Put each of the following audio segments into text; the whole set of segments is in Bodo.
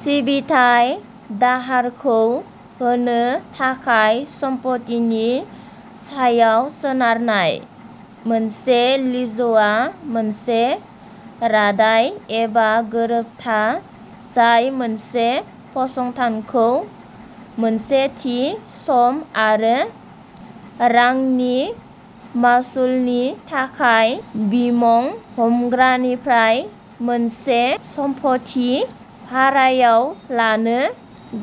सिबिथाय दाहारखौ होनो थाखाय सम्फथिनि सायाव सोनारनाय। मोनसे लिजआ मोनसे रादाय एबा गोरोबथा जाय मोनसे फसंथानखौ मोनसे थि सम आरो रांनि मासुलनि थाखाय बिमुं-हमग्रानिफ्राय मोनसे सम्फथि भारायाव लानो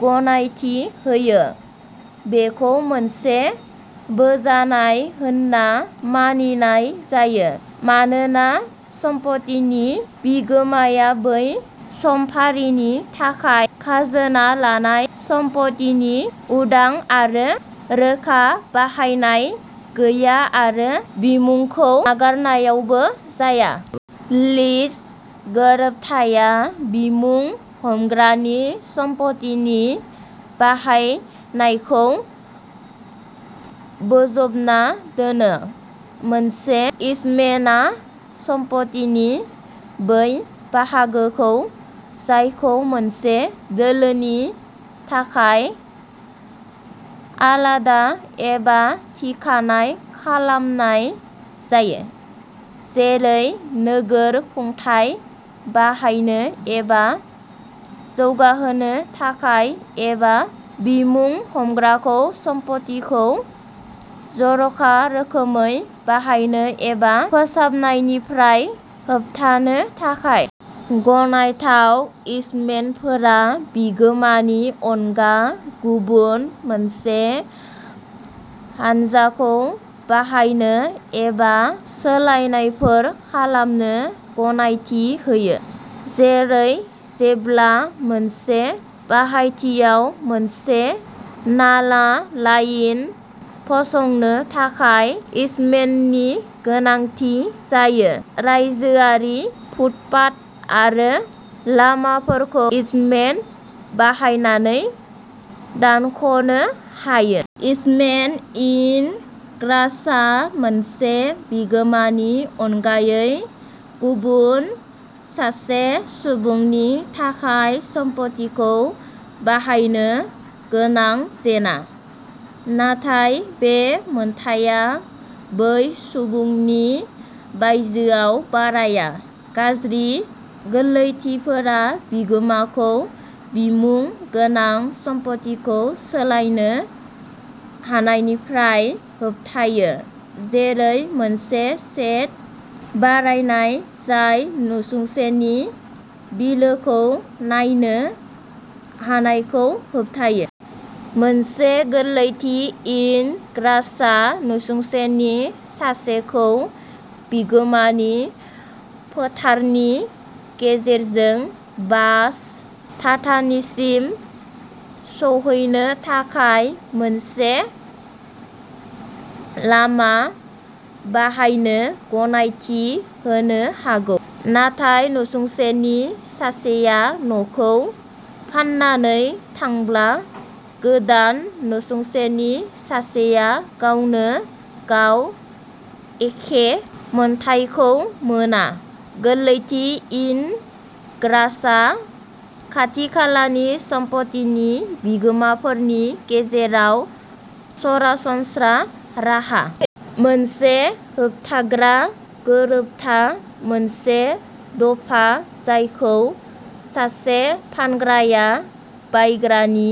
गनायथि होयो। बेखौ मोनसे बोजानाय होनना मानिनाय जायो मानोना सम्पथिनि बिगोमाया बै समफारिनि थाखाय खाजोना-लानाय सम्पथिनि उदां आरो रोखा बाहायनाय गैया आरो बिमुंखौ नागारनायावबो जाया। लिज गोरोबथाया बिमुं-हमग्रानि सम्पथिनि बाहायनायखौ बोजबना दोनो। मोनसे इजमेन्टआ सम्पथिनि बै बाहागोखौ जायखौ मोनसे दोलोनि थाखाय आलादा एबा थिखानाय खालामनाय जायो। जेरै नोगोर खुंथाय बाहायनो एबा जौगाहोनो थाखाय एबा बिमुं-हमग्राखौ सम्पथिखौ जर'खा रोखोमै बाहायनो एबा फोसाबनायनिफ्राय होबथानो थाखाय। गनायथाव इजमेन्टफोरा बिगोमानि अनगा गुबुन मोनसे हानजाखौ बाहायनो एबा सोलायनायफोर खालामनो गनायथि होयो। जेरै जेब्ला मोनसे बाहायथियाव मोनसे नाला लाइन फसंनो थाखाय इजमेन्टनि गोनांथि जायो। रायजोआरि फुटपाथ आरो लामाफोरखौ इजमेन्ट बाहायनानै दानख'नो हायो। इजमेन्ट-इन-ग्रासआ मोनसे बिगोमानि अनगायै गुबुन सासे सुबुंनि थाखाय सम्फथिखौ बाहायनो गोनां जेंना। नाथाय बे मोन्थाइआ बै सुबुंनि बायजोआव बाराया। गाज्रि गोरलैथिफोरा बिगोमाखौ बिमुं गोनां सम्फथिखौ सोलायनो हानायनिफ्राय होबथायो। जेरै मोनसे शेड बानायनाय जाय नसुंसेनि बिलोखौ नायनो हानायखौ होबथायो। मोनसे गोरलैथि-इन-ग्रासआ नसुंसेनि सासेखौ बिगोमानि फोथारनि गेजेरजों बास थाथानिसिम सौहैनो थाखाय मोनसे लामा बाहायनो गनायथि होनो हागौ। नाथाय नसुंसेनि सासेया न'खौ फाननानै थांब्ला गोदान नसुंसेनि सासेआ गावनो गाव एखे मोन्थाइखौ मोना। गोरलैथि-इन-ग्रासआ खाथिखालानि सम्पथिनि बिगोमाफोरनि गेजेराव सरासनस्रा राहा। मोनसे होबथाग्रा गोरोबथा मोनसे दफा जायखौ सासे फानग्राया बायग्रानि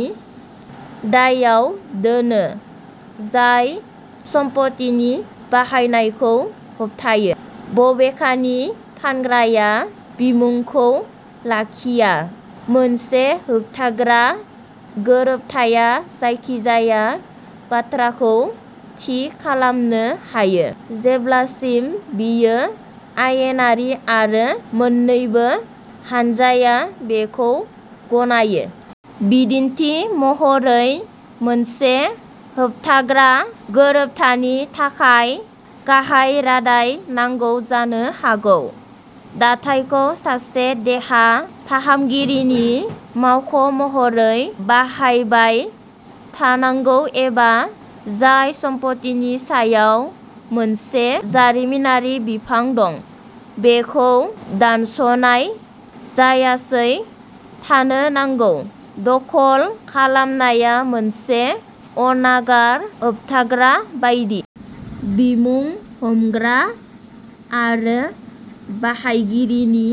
दायआव दोनो जाय सम्पथिनि बाहायनायखौ होबथायो। बबेखानि फानग्राया बिमुंखौ लाखिया। मोनसे होबथाग्रा गोरोबथाया जायखिजाया बाथ्राखौ थि खालामनो हायो जेब्लासिम बेयो आयेनारि आरो मोन्नैबो हानजाया बेखौ गनायो। बिदिन्थि महरै मोनसे होबथाग्रा गोरोबथानि थाखाय गाहाय रादाय नांगौ जानो हागौ। दाथाइखौ सासे देहा फाहामगिरिनि मावख'महरै बाहायबाय थानांगौ एबा जाय सम्फथिनि सायाव मोनसे जारिमिनारि बिफां दं। बेखौ दानस'नाय जायासै थानो नांगौ। दखल खालामनाया मोनसे अनागार होबथाग्रा बायदि। बिमुं हमथाग्रा आरो बाहायगिरिनि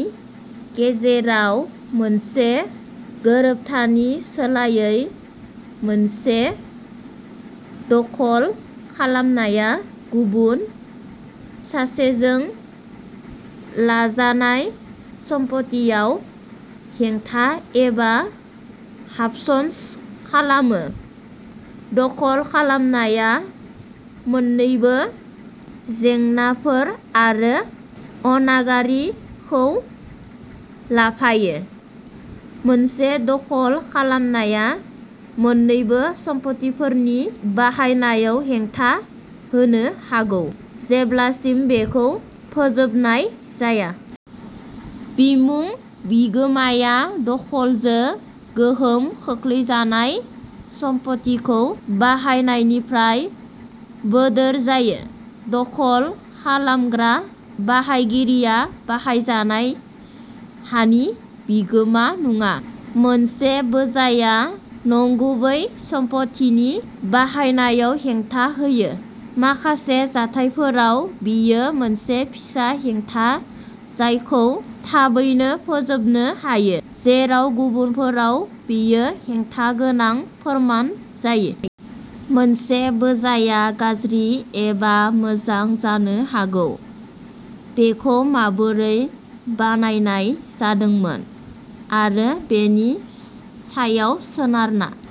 गेजेराव मोनसे गोरोबथानि सोलायै मोनसे दखल खालामनाया गुबुन सासेजों लाजानाय सम्फथियाव हेंथा एबा हाबसनस' खालामो। दखल खालामनाया मोन्नैबो जेंनाफोर आरो अनागारि खौ लाफायो। मोनसे दखल खालामनाया मोन्नैबो सम्पथिफोरनि बाहायनायाव हेंथा होनो हागौ जेब्लासिम बेखौ फोजोबनाय जाया। बिमुं-बिगोमाया दखलजों गोहोम खोख्लैजानाय सम्पथिखौ बाहायनायनिफ्राय बोदोर जायो। दखल खालामग्रा बाहायगिरिया बाहायजानाय हानि बिगोमा नङा। मोनसे बोजाया नंगुबै सम्पथिनि बाहायनायाव हेंथा होयो। माखासे जाथायफोराव बेयो मोनसे फिसा हेंथा जायखौ थाबैनो फोजोबनो हायो। जेराव गुबुनफोराव बेयो हेंथा गोनां फोरमान जायो। मोनसे बोजाया गाज्रि एबा मोजां जानो हागौ। बेखौ माबोरै बानायनाय जादोंमोन आरो बेनि सायाव सोनारना।